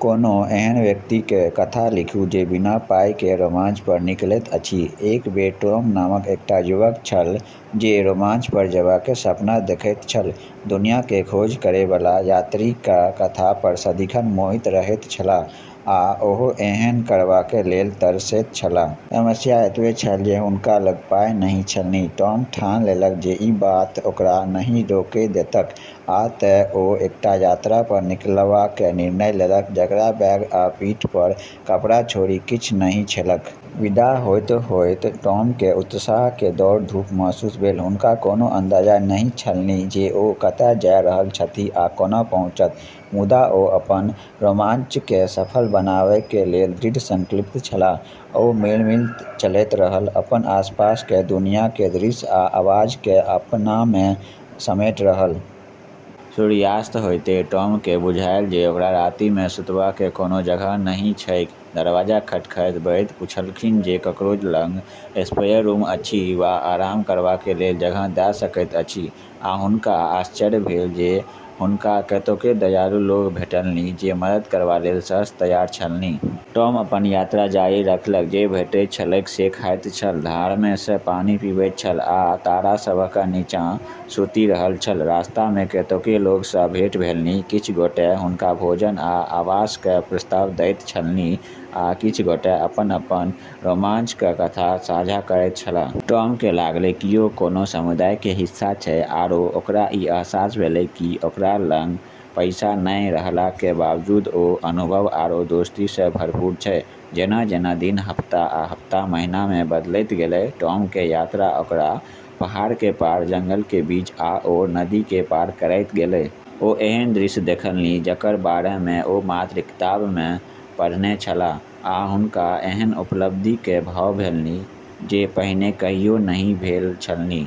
कोनो एहन व्यक्तिक कथा लिखू जे बिना पाइक रोमांच पर निकलैत अछि। एक बेर टॉम नामक एकटा युवक छल, जे रोमांच पर जेबाक सपना देखैत छल। दुनियाँक खोज करैबला यात्रीक कथा पर सदिखन मोहित रहैत छलाह, आ ओहो एहने करबाक लेल तरसैत छलाह। समस्या एतबे छल जे हुनका लग पाइ नहि छलनि। टॉम ठान लेलक जे ई बात ओकरा नहि रोकै देतैक, आ तेँ ओ एकटा यात्रा पर निकलबाक निर्णय लेलक जकरा बैग आ पीठ पर कपड़ा छोड़ि किछ नहि छलैक। विदा होइत-होइत टॉमकेँ उत्साहक दौड़-धूप महसूस भेल। हुनका कोनो अंदाजा नहि छलनि जे ओ कतय जा रहल छथि आ कोना पहुँचत, मुदा ओ अपन रोमांचके सफल बनेबाक लेल दृढ़ संकल्पित छलाह। ओ मील-मील चलैत रहल, अपन आसपासक दुनियाँक दृश्य आ आवाजकेँ अपनामे समेटैत रहल। सूर्यास्त होइते टॉमकेँ बुझायल जे ओकरा रातिमे सुतबाक कोनो जगह नहि छैक। दरबज्जा खटखटबैत पुछलखिन जे ककरो लग स्पेयर रूम अछि वा आराम करबाक लेल जगह द' सकैत अछि, आ हुनका आश्चर्य भेल जे हुनका कतेको दयालु लोक भेटलनि जे मदद करबा लेल सहर्ष तैयार छलनि । टॉम अपन यात्रा जारी रखलक, जे भेटैत छलैक से खाइत छल, धारमे सँ पानि पीबैत छल आ तारा सभक निच्चाँ सुति रहल छल। रास्तामे कतेको लोक सँ भेँट भेलनि, किछ गोटे हुनका भोजन आ आवासक प्रस्ताव दैत छलनि, आ किछ गोटे अपन-अपन रोमांचक कथा साझा करैत छलाह। टॉमके लागलै किओ कोनो समुदायके हिस्सा छै, आरो ओकरा ई अहसास भेलै कि ओकरा लग पैसा नै रहलाके बावजूद ओ अनुभव आरो दोस्तीसँ भरपूर छै। जेना-जेना दिन हफ्ता आ हफ्ता महीनामे बदलैत गेलै, टॉमके यात्रा ओकरा पहाड़के पार, जंगलके बीच आओर नदीके पार करैत गेलै। ओ एहन दृश्य देखलनि जकर बारेमे ओ मात्र किताबमे पढ़ने छलाह, आ हुनका एहन उपलब्धिक भाव भेलनि जे पहिने कहियो नहि भेल छलनि।